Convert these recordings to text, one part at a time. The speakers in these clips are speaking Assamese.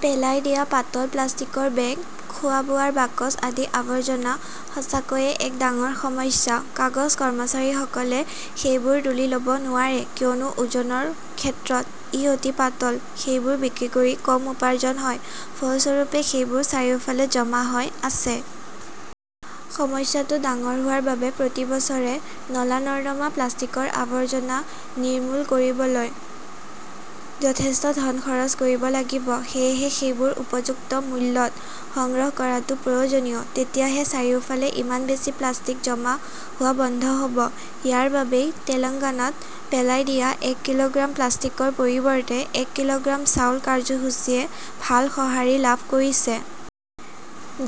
পেলাই দিয়া পাতল প্লাষ্টিকৰ বেগ, খোৱা-বোৱাৰ বাকচ আদি আৱৰ্জনা সঁচাকৈয়ে এক ডাঙৰ সমস্যা। কাগজ-কৰ্মচাৰীসকলে সেইবোৰ তুলি ল'ব নোৱাৰে, কিয়নো ওজনৰ ক্ষেত্ৰত ই অতি পাতল সেইবোৰ বিক্ৰী কৰি কম উপাৰ্জন হয়। ফলস্বৰূপে সেইবোৰ চাৰিওফালে জমা হৈ আছে। সমস্যাটো ডাঙৰ হোৱাৰ বাবে প্ৰতি বছৰে নলা-নৰ্দমা প্লাষ্টিকৰ আৱৰ্জনা নিৰ্মূল কৰিবলৈ যথেষ্ট ধন খৰচ কৰিব লাগিব, সেয়েহে সেইবোৰ উপযুক্ত মূল্যত সংগ্ৰহ কৰাটো প্ৰয়োজনীয়। তেতিয়াহে চাৰিওফালে ইমান বেছি প্লাষ্টিক জমা হোৱা বন্ধ হ'ব। ইয়াৰ বাবেই তেলেংগানাত পেলাই দিয়া এক কিলোগ্ৰাম প্লাষ্টিকৰ পৰিৱৰ্তে এক কিলোগ্ৰাম চাউল কাৰ্যসূচীয়ে ভাল সঁহাৰি লাভ কৰিছে।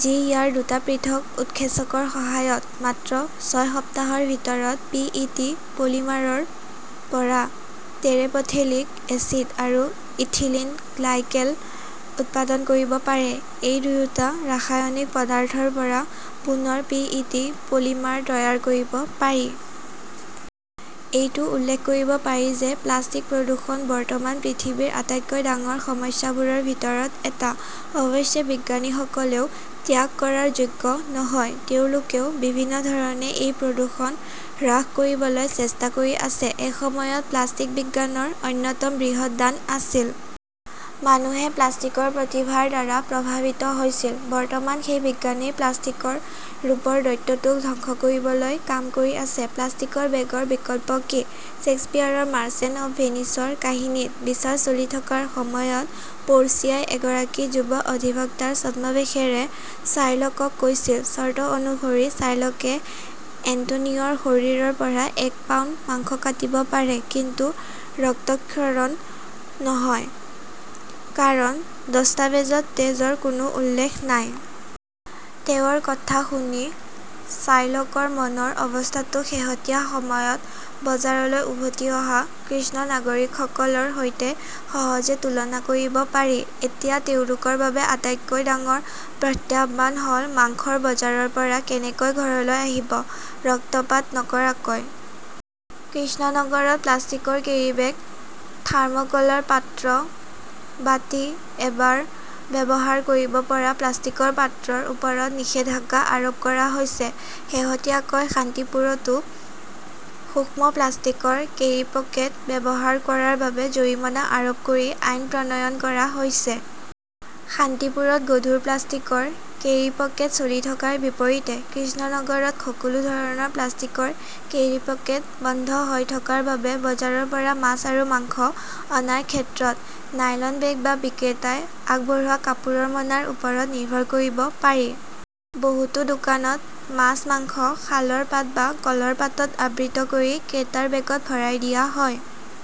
যি ইয়াৰ দুটা পৃথক উৎসেচকৰ সহায়ত মাত্ৰ ছয় সপ্তাহৰ ভিতৰত পি. ই. টি. পলিমাৰৰ পৰা টেৰেপথেলিক এচিড আৰু ইথিলিন গ্লাইকেল উৎপাদন কৰিব পাৰে। এই দুয়োটা ৰাসায়নিক পদাৰ্থৰ পৰা পুনৰ পি. ই. টি. পলিমাৰ তৈয়াৰ কৰিব পাৰি। এইটো উল্লেখ কৰিব পাৰি যে প্লাষ্টিক প্ৰদূষণ বৰ্তমান পৃথিৱীৰ আটাইতকৈ ডাঙৰ সমস্যাবোৰৰ ভিতৰত এটা। অৱশ্যে, বিজ্ঞানীসকলেও ত্যাগ কৰাৰ যোগ্য নহয়। তেওঁলোকেও বিভিন্ন ধৰণে এই প্ৰদূষণ হ্ৰাস কৰিবলৈ চেষ্টা কৰি আছে। এসময়ত প্লাষ্টিক বিজ্ঞানৰ অন্যতম বৃহৎ দান আছিল। মানুহে প্লাষ্টিকৰ প্ৰতিভাৰ দ্বাৰা প্ৰভাৱিত হৈছিল। বৰ্তমান সেই বিজ্ঞানেই প্লাষ্টিকৰ ৰূপৰ দৈত্যটোক ধ্বংস কৰিবলৈ কাম কৰি আছে। প্লাষ্টিকৰ বেগৰ বিকল্প কি? শ্বেক্সপীয়াৰৰ মাৰ্চেণ্ট অৱ ভেনিচৰ কাহিনীত বিচাৰ চলি থকাৰ সময়ত পোৰ্চিয়াই এগৰাকী যুৱ অধিবক্তাৰ ছদ্মবেশেৰে শ্বাইলকক কৈছিল, চৰ্ত অনুসৰি শ্বাইলকে এন্টোনিঅৰ শৰীৰৰ পৰা এক পাউণ্ড মাংস কাটিব পাৰে, কিন্তু ৰক্তক্ষৰণ নহয়, কাৰণ দস্তাবেজত তেজৰ কোনো উল্লেখ নাই। তেওঁৰ কথা শুনি শ্বাইলকৰ মনৰ অৱস্থাটো শেহতীয়া সময়ত বজাৰলৈ উভতি অহা কৃষ্ণ নাগৰিকসকলৰ সৈতে সহজে তুলনা কৰিব পাৰি। এতিয়া তেওঁলোকৰ বাবে আটাইতকৈ ডাঙৰ প্ৰত্যাহ্বান হ'ল মাংসৰ বজাৰৰ পৰা কেনেকৈ ঘৰলৈ আহিব ৰক্তপাত নকৰাকৈ। কৃষ্ণনগৰত প্লাষ্টিকৰ কেৰীবেগ, থাৰ্ম কলৰ পাত্ৰ, বাটি, এবাৰ ব্যৱহাৰ কৰিব পৰা প্লাষ্টিকৰ পাত্ৰৰ ওপৰত নিষেধাজ্ঞা আৰোপ কৰা হৈছে। শেহতীয়াকৈ শান্তিপুৰতো সূক্ষ্ম প্লাষ্টিকৰ কেৰিপকেট ব্যৱহাৰ কৰাৰ বাবে জৰিমনা আৰোপ কৰি আইন প্ৰণয়ন কৰা হৈছে। শান্তিপুৰত গধুৰ প্লাষ্টিকৰ কেৰিপকেট চলি থকাৰ বিপৰীতে কৃষ্ণনগৰত সকলো ধৰণৰ প্লাষ্টিকৰ কেৰিপকেট বন্ধ হৈ থকাৰ বাবে বজাৰৰ পৰা মাছ আৰু মাংস অনাৰ ক্ষেত্ৰত নাইলন বেগ বা বিক্ৰেতাই আগবঢ়োৱা কাপোৰৰ মোনাৰ ওপৰত নিৰ্ভৰ কৰিব পাৰি। বহুতো দোকানত মাছ, মাংস শালৰ পাত বা কলৰ পাতত আবৃত কৰি ক্ৰেতাৰ বেগত ভৰাই দিয়া হয়।